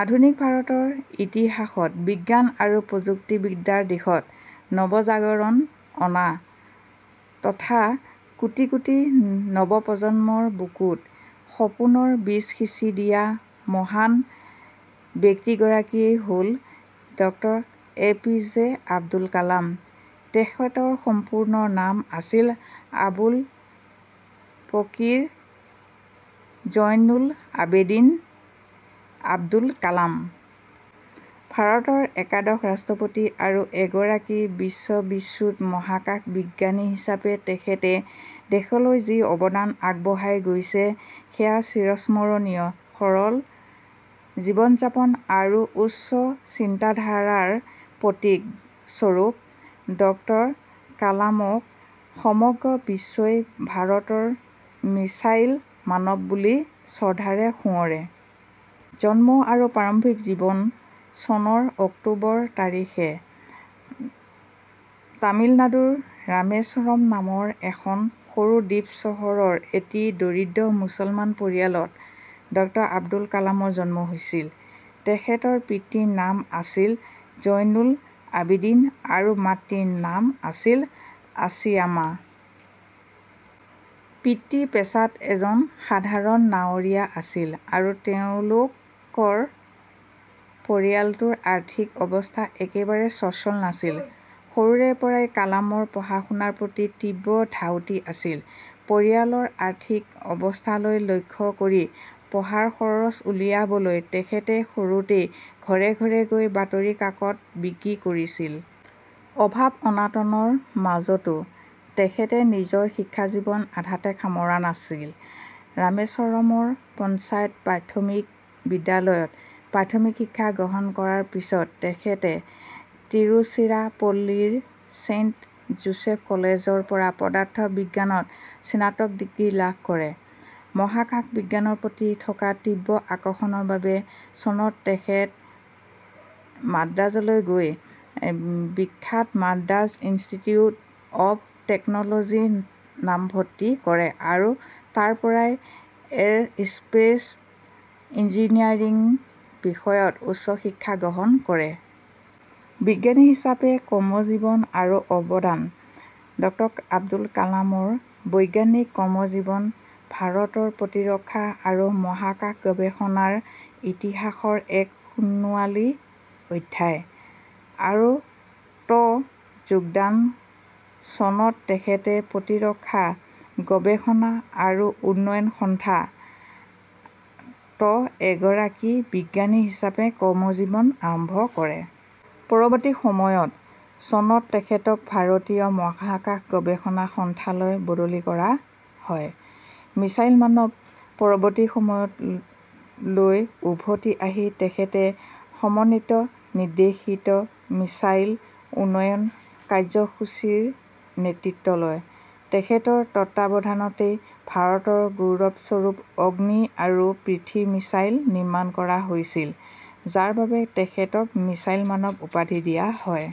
আধুনিক ভাৰতৰ ইতিহাসত বিজ্ঞান আৰু প্ৰযুক্তিবিদ্যাৰ দিশত নৱজাগৰণ অনা তথা কোটি কোটি নৱপ্ৰজন্মৰ বুকুত সপোনৰ বীজ সিঁচি দিয়া মহান ব্যক্তিগৰাকীয়েই হ'ল ড A. P. J. Abdul Kalam. তেখেতৰ সম্পূৰ্ণ নাম আছিল আবুল পাকিৰ জয়নুল আবেদিন আব্দুল কালাম। ভাৰতৰ একাদশ ৰাষ্ট্ৰপতি আৰু এগৰাকী বিশ্ববিশ্ৰুত মহাকাশ বিজ্ঞানী হিচাপে তেখেতে দেশলৈ যি অৱদান আগবঢ়াই গৈছে, সেয়া চিৰস্মৰণীয়। সৰল জীৱন-যাপন আৰু উচ্চ চিন্তাধাৰাৰ প্ৰতীক স্বৰূপ ড কালামক সমগ্ৰ বিশ্বই 'ভাৰতৰ মিছাইল মানৱ' বুলি শ্ৰদ্ধাৰে সুঁৱৰে। জন্ম আৰু প্ৰাৰম্ভিক জীৱন: চনৰ অক্টোবৰ তাৰিখে তামিলনাডুৰ ৰামেশ্বৰম নামৰ এখন সৰু দ্বীপ চহৰৰ এটি দৰিদ্ৰ মুছলমান পৰিয়ালত ড আব্দুল কালামৰ জন্ম হৈছিল। তেখেতৰ পিতৃৰ নাম আছিল জয়নুল আবেদিন আৰু মাতৃৰ নাম আছিল আছিয়ামা। পিতৃ পেছাত এজন সাধাৰণ নাৱৰীয়া আছিল আৰু তেওঁলোকৰ পৰিয়ালটোৰ আৰ্থিক অৱস্থা একেবাৰে স্বচ্ছল নাছিল। সৰুৰে পৰাই কালামৰ পঢ়া-শুনাৰ প্ৰতি তীব্ৰ ধাউতি আছিল। পৰিয়ালৰ আৰ্থিক অৱস্থালৈ লক্ষ্য কৰি পঢ়াৰ খৰচ উলিয়াবলৈ তেখেতে সৰুতেই ঘৰে ঘৰে গৈ বাতৰিকাকত বিক্ৰী কৰিছিল। অভাৱ-অনাটনৰ মাজতো তেখেতে নিজৰ শিক্ষা জীৱন আধাতে সামৰা নাছিল। ৰামেশ্বৰমৰ পঞ্চায়ত প্ৰাথমিক বিদ্যালয়ত প্ৰাথমিক শিক্ষা গ্ৰহণ কৰাৰ পিছত তেখেতে তিৰুচিৰাপল্লীৰ 'ছেইণ্ট যোছেফ কলেজ'ৰ পৰা পদাৰ্থ বিজ্ঞানত স্নাতক ডিগ্ৰী লাভ কৰে। মহাকাশ বিজ্ঞানৰ প্ৰতি থকা তীব্ৰ আকৰ্ষণৰ বাবে চনত তেখেতে মাদ্ৰাজলৈ গৈ বিখ্যাত 'মাদ্ৰাজ ইনষ্টিটিউট অৱ টেকন'লজি' ত নামভৰ্তি কৰে আৰু তাৰ পৰাই এৰ'স্পেচ ইঞ্জিনিয়াৰিং বিষয়ত উচ্চ শিক্ষা গ্ৰহণ কৰে। বিজ্ঞানী হিচাপে কৰ্মজীৱন আৰু অৱদান: ড আব্দুল কালামৰ বৈজ্ঞানিক কৰ্মজীৱন ভাৰতৰ প্ৰতিৰক্ষা আৰু মহাকাশ গৱেষণাৰ ইতিহাসৰ এক সোণোৱালী অধ্যায়: আৰু ত যোগদান: চনত তেখেতে 'প্ৰতিৰক্ষা গৱেষণা আৰু উন্নয়ন সংস্থা' ত এগৰাকী বিজ্ঞানী হিচাপে কৰ্মজীৱন আৰম্ভ কৰে। পৰৱৰ্তী সময়ত চনত তেখেতক 'ভাৰতীয় মহাকাশ গৱেষণা সংস্থা'লৈ বদলি কৰা হয়। মিছাইল মানৱ: পৰৱৰ্তী সময়ত লৈ উভতি আহি তেখেতে 'সমন্বিত নিৰ্দেশিত মিছাইল উন্নয়ন কাৰ্যসূচী' ৰ নেতৃত্ব লয়। তেখেতৰ তত্ত্বাৱধানতেই ভাৰতৰ গৌৰৱস্বৰূপ অগ্নি আৰু পৃথ্বী মিছাইল নিৰ্মাণ কৰা হৈছিল, যাৰ বাবে তেখেতক 'মিছাইল মানৱ' উপাধি দিয়া হয়।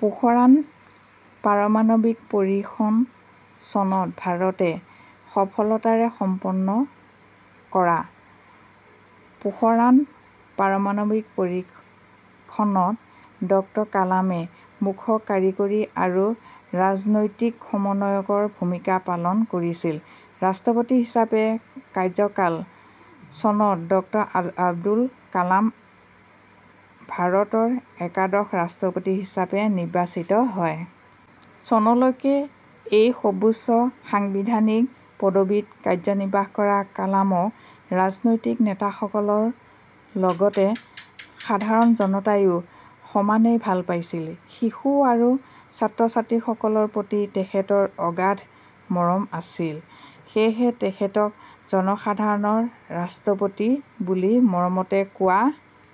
পোখৰান পাৰমাণৱিক পৰীক্ষণ: চনত ভাৰতে সফলতাৰে সম্পন্ন কৰা 'পোখৰান- ' পাৰমাণৱিক পৰীক্ষণত ড কালামে মুখ্য কাৰিকৰী আৰু ৰাজনৈতিক সমন্বয়কৰ ভূমিকা পালন কৰিছিল। ৰাষ্ট্ৰপতি হিচাপে কাৰ্যকাল: চনত ড আব্দুল কালাম ভাৰতৰ একাদশ ৰাষ্ট্ৰপতি হিচাপে নিৰ্বাচিত হয়। চনলৈকে এই সৰ্বোচ্চ সাংবিধানিক পদবীত কাৰ্যনিৰ্বাহ কৰা কালামক ৰাজনৈতিক নেতাসকলৰ লগতে সাধাৰণ জনতায়ো সমানেই ভাল পাইছিল। শিশু আৰু ছাত্ৰ-ছাত্ৰীসকলৰ প্ৰতি তেখেতৰ অগাধ মৰম আছিল। সেয়েহে তেখেতক 'জনসাধাৰণৰ ৰাষ্ট্ৰপতি' বুলি মৰমতে কোৱা